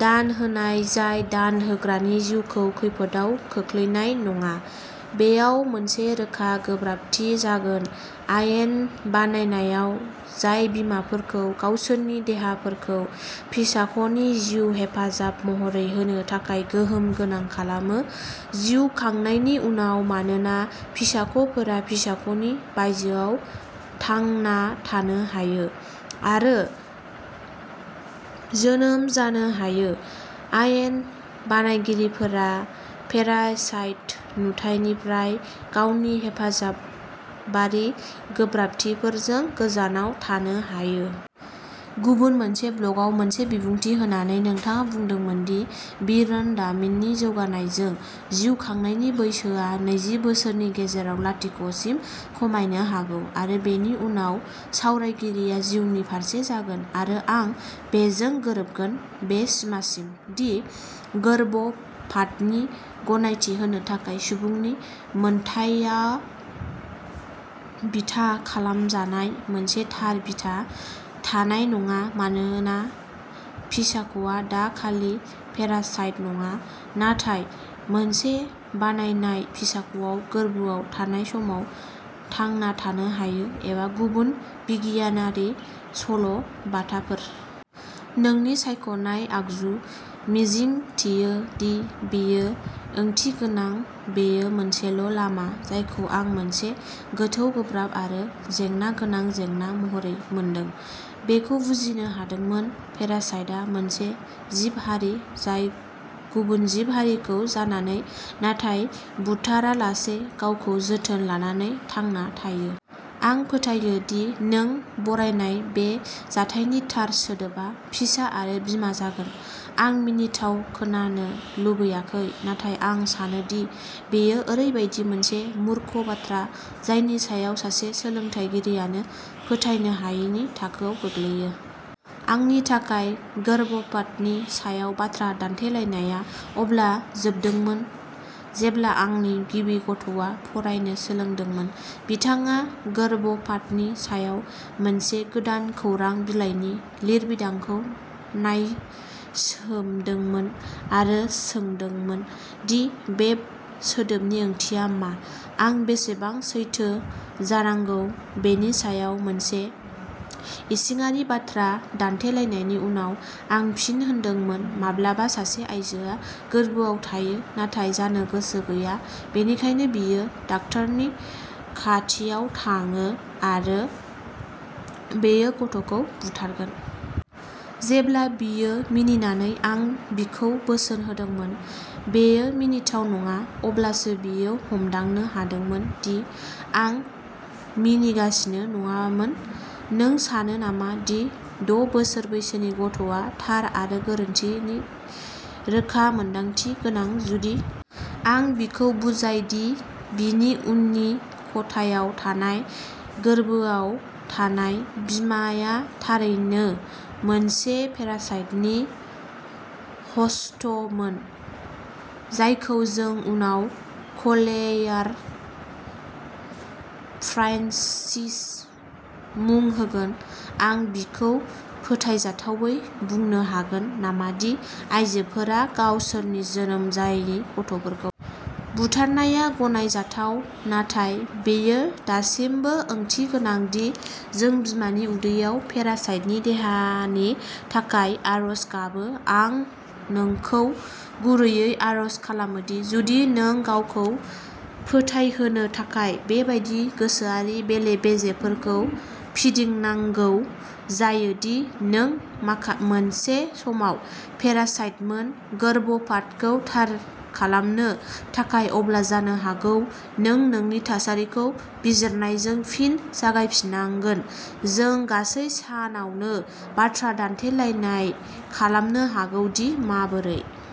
दान होनाय जाय दान होग्रानि जिउखौ खैफोदाव खोख्लैनाय नङा, बेयाव मोनसे रोखा गोब्राबथि जागोन आयेन बानायनायाव जाय बिमाफोरखौ गावसोरनि देहाफोरखौ फिसाख'नि जिउ हेफाजाब महरै होनो थाखाय गोहोम गोनां खालामो। जिउ खांनायनि उनाव, मानोना फिसाख'फोरा फिसाख'नि बायजोआव थांना थानो हायो आरो जोनोम जानो हायो आयेन बानायगिरिफोरा पेरासाइट नुथाइनिफ्राय गावनि हेफाजाबारि गोब्राबथिफोरजों गोजानाव थानो हायो। गुबुन मोनसे ब्लगआव मोनसे बिबुंथि होनानै, नोंथाङा बुंदोंमोन दि बिरोंदामिननि जौगानायजों, जिउ खांनायनि बैसोआ नैजि बोसोरनि गेजेराव लाथिख'सिम खमायनो हागौ आरो बेनि उनाव सावरायगिरिया जिउनि फारसे जागोन, आरो आं बेजों गोरोबगोन बे सिमासिम दि गर्भपातनि गनायथि होनो थाखाय सुबुंनि मोनथायाव बिथा खालामजानाय मोनसे थार बिथा थानाय नङा मानोना फिसाख'आ दा खालि पेरासाइट नङा नाथाय मोनसे बानायनाय फिसाख'आव गोर्बोआव थानाय समाव थांना थानो हायो, एबा गुबुन बिगियानारि सल'बाथाफोर। नोंनि सायख'नाय आगजु। मिजिंथियो दि बेयो ओंथिगोनां बेयो मोनसेल' लामा जायखौ आं मोनसे गोथौ गोब्राब आरो जेंना गोनां जेंना महरै मोनदों बेखौ बुजिनो हादोंमोन। पेरासाइटआ मोनसे जिब-हारि जाय गुबुन जिब-हारिखौ जानानै, नाथाय बुथारालासे गावखौ जोथोन लानानै थांना थायो। आं फोथायो दि नों बरनायनाय बे जाथायनि थार सोदोबा फिसा आरो बिमा जागोन। आं मिनिथाव खोनानो लुबैयाखै, नाथाय आं सानोदि बेयो ओरैबायदि मोनसे मूर्ख बाथ्रा जायनि सायाव सासे सोलोंथायगिरियानो फोथायनो हायैनि थाखोआव गोग्लैयो। आंनि थाखाय, गर्भपातनि सायाव बाथ्रा दान्थेलायनाया अब्ला जोबदोंमोन जेब्ला आंनि गिबि गथ'आ फरायनो सोलोंदोंमोन। बिथाङा गर्भपातनि सायाव मोनसे गोदान खौरां बिलाइनि लिरबिदांखौ नायसोमदोंमोन आरो सोंदोंमोन दि बे सोदोबनि ओंथिया मा। आं बेसेबां सैथो जानांगौ बेनि सायाव मोनसे इसिङारि बाथ्रा दान्थेलायनायनि उनाव आं फिन होदोंमोन माब्लाबा सासे आयजोआ गोरबोआव थायो, नाथाय जानो गोसो गैया, बेनिखायनो बियो डाक्टारनि खाथियाव थाङो आरो बियो गथ'खौ बुथारगोन। जेब्ला बियो मिनिनानै आं बिखौ बोसोन होदोंमोन, बेयो मिनिथाव नङा अब्लासो बियो हमदांनो हादोंमोन दि आं मिनिगासिनो नङामोन। नों सानो नामा दि द' बोसोर बैसोनि गथ'आ थार आरो गोरोन्थिनि रोखा मोनदांथि गोनां, जुदि आं बिखौ बुजायदि बिनि उननि खथायाव थानाय गोरबोआव थानाय बिमाया थारैनो मोनसे पेरासाइटनि ह'स्टमोन, जायखौ जों उनाव क्लेयार फ्रान्सिस मुं होगोन आं बिखौ फोथायजाथावै बुंनो हागोन नामा दि आयजोफोरा गावसोरनि जोनोम जायि गथ'फोरखौ बुथारनाया गनायजाथाव, नाथाय बेयो दासिमबो ओंथिगोनां दि जों बिमानि उदैयाव पेरासाइटनि देहानि थाखाय आरज गाबो आं नोंखौ गुरैयै आर'ज खालामो दि जुदि नों गावखौ फोथायहोनो थाखाय बेबादि गोसोआरि बेले-बेजेफोरखौ फिदिंनांगौ जायो दि नों माखा मोनसे समाव पेरासाइटमोन, गर्भपातखौ थार खालामनो थाखाय, अब्ला जानो हागौ नों नोंनि थासारिखौ बिजिरनायजों फिन जागायफिननांगोन। जों गासै सानावनो बाथ्रा दान्थेलायनाय खालामनो हागौ दि माबोरै।